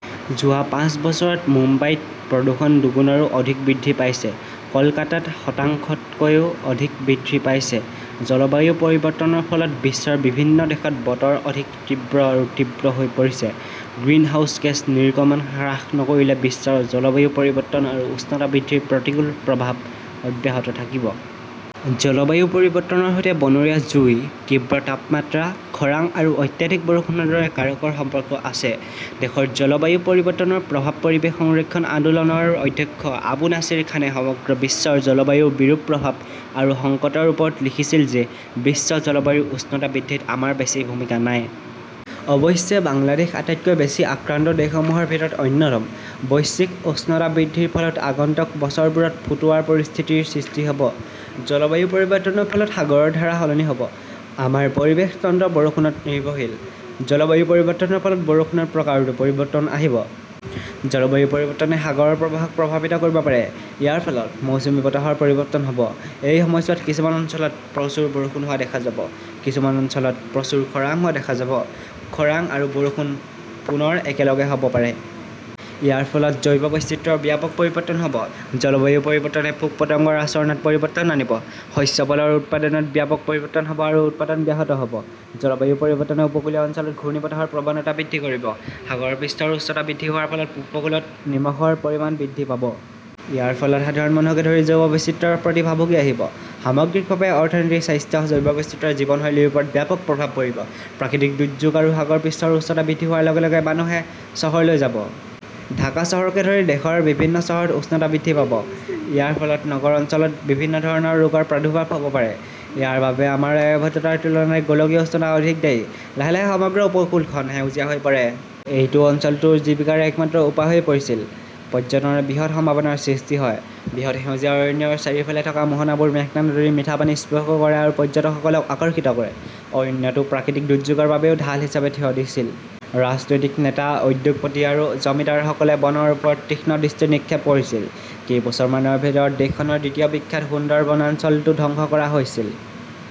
যোৱা পাঁচ বছৰত মুম্বাইত প্ৰদূষণ দুগুণৰো অধিক বৃদ্ধি পাইছে, কলকাতাত শতাংশতকৈ অধিক বৃদ্ধি পাইছে জলবায়ু পৰিৱৰ্তনৰ ফলত বিশ্বৰ বিভিন্ন দেশত বতৰ অধিক তীব্ৰ আৰু তীব্ৰ হৈ পৰিছে। গ্ৰিনহাউজ গেছ নিৰ্গমন হ্ৰাস নকৰিলে বিশ্বৰ জলবায়ু পৰিৱৰ্তন আৰু উষ্ণতা বৃদ্ধিৰ প্ৰতিকূল প্ৰভাৱ অব্যাহত থাকিব। জলবায়ু পৰিৱৰ্তনৰ সৈতে বনৰীয়া জুই, তীব্ৰ তাপমাত্ৰা, খৰাং আৰু অত্যাধিক বৰষুণৰ দৰে কাৰকৰ সম্পৰ্ক আছে। দেশৰ জলবায়ু পৰিৱৰ্তনৰ প্ৰভাৱ পৰিৱেশ সংৰক্ষণ আন্দোলনৰ অধ্যক্ষ আবু নাছেৰ খানে সমগ্ৰ বিশ্বৰ জলবায়ুৰ বিৰূপ প্ৰভাৱ আৰু সংকটৰ ওপৰত লিখিছিল যে বিশ্ব জলবায়ুৰ উষ্ণতা বৃদ্ধিত আমাৰ বেছি ভূমিকা নাই। অৱশ্যে বাংলাদেশ আটাইতকৈ বেছি আক্ৰান্ত দেশসমূহৰ ভিতৰত অন্যতম। বৈশ্বিক উষ্ণতা বৃদ্ধিৰ ফলত আগন্তুক বছৰবোৰত ফুটোৱাৰ পৰিস্থিতিৰ সৃষ্টি হʼব। জলবায়ু পৰিৱৰ্তনৰ ফলত সাগৰৰ ধাৰা সলনি হʼব। আমাৰ পৰিৱেশ তন্ত্ৰ বৰষুণত নিৰ্ভৰশীল। জলবায়ু পৰিৱৰ্তনৰ ফলত বৰষুণৰ প্ৰকাৰতো পৰিৱৰ্তন আহিব। জলবায়ু পৰিৱৰ্তনে সাগৰৰ প্ৰবাহক প্ৰভাৱিত কৰিব পাৰে। ইয়াৰ ফলত মৌচুমী বতাহৰ পৰিৱৰ্তন হʼব। এই সময়ছোৱাত কিছুমান অঞ্চলত প্ৰচুৰ বৰষুণ হোৱা দেখা যাব, কিছুমান অঞ্চলত প্ৰচুৰ খৰাং হোৱা দেখা যাব। খৰাং আৰু বৰষুণ পুনৰ একেলগে হʼব পাৰে। ইয়াৰ ফলত জৈৱ বৈচিত্ৰ্যৰ ব্যাপক পৰিৱৰ্তন হʼব। জলবায়ু পৰিৱৰ্তনে পোক-পতংগৰ আচৰণত পৰিৱৰ্তন আনিব। শস্য, ফলৰ উৎপাদনত ব্যাপক পৰিৱৰ্তন হʼব আৰু উৎপাদন ব্যাহত হʼব। জলবায়ু পৰিৱৰ্তনে উপকূলীয় অঞ্চলত ঘূৰ্ণীবতাহৰ প্ৰৱণতা বৃদ্ধি কৰিব। সাগৰৰ পৃষ্ঠৰ উচ্চতা বৃদ্ধি হোৱাৰ ফলত উপকূলত নিমখৰ পৰিমাণ বৃদ্ধি পাব। ইয়াৰ ফলত সাধাৰণ মানুহকে ধৰি জৈৱ বৈচিত্ৰ্যৰ প্ৰতি ভাবুকি আহিব। সামগ্ৰিকভাৱে অৰ্থনীতি, স্বাস্থ্য, জৈৱ বৈচিত্ৰ্য, জীৱনশৈলীৰ ওপৰত ব্যাপক প্ৰভাৱ পৰিব। প্ৰাকৃতিক দুৰ্যোগ আৰু সাগৰ পৃষ্ঠৰ উচ্চতা বৃদ্ধি হোৱাৰ লগে লগে মানুহে চহৰলৈ যাব। ঢাকা চহৰকে ধৰি দেশৰ বিভিন্ন চহৰত উষ্ণতা বৃদ্ধি পাব। ইয়াৰ ফলত নগৰ অঞ্চলত বিভিন্ন ধৰণৰ ৰোগৰ প্ৰাদুৰ্ভাৱ হʼব পাৰে। ইয়াৰ বাবে আমাৰ দায়বদ্ধতাৰ তুলনাত গোলকীয় উষ্ণতা অধিক দায়ী। লাহে লাহে সমগ্ৰ উপকূলখন সেউজীয়া হৈ পৰে। এইটো অঞ্চলটোৰ জীৱিকাৰ একমাত্ৰ উপায় হৈ পৰিছিল। পৰ্যটনৰ বৃহৎ সম্ভাৱনাৰ সৃষ্টি হয়। বৃহৎ সেউজীয়া অৰণ্যৰ চাৰিওফালে থকা মোহনাবোৰে মেঘনা নদীৰ মিঠা পানী স্পৰ্শ কৰে আৰু পৰ্যটকসকলক আকৰ্ষিত কৰে। অৰণ্যটো প্ৰাকৃতিক দুৰ্যোগৰ বাবেও ঢাল হিচাপে থিয় দিছিল। ৰাজনৈতিক নেতা, উদ্যোগপতি আৰু জমিদাৰসকলে বনৰ ওপৰত তীক্ষ্ণ দৃষ্টি নিক্ষেপ কৰিছিল। কেইবছৰমানৰ ভিতৰতে দেশখনৰ দ্বিতীয় বিখ্যাত সুন্দৰ বনাঞ্চলটো ধ্বংস কৰা হৈছিল।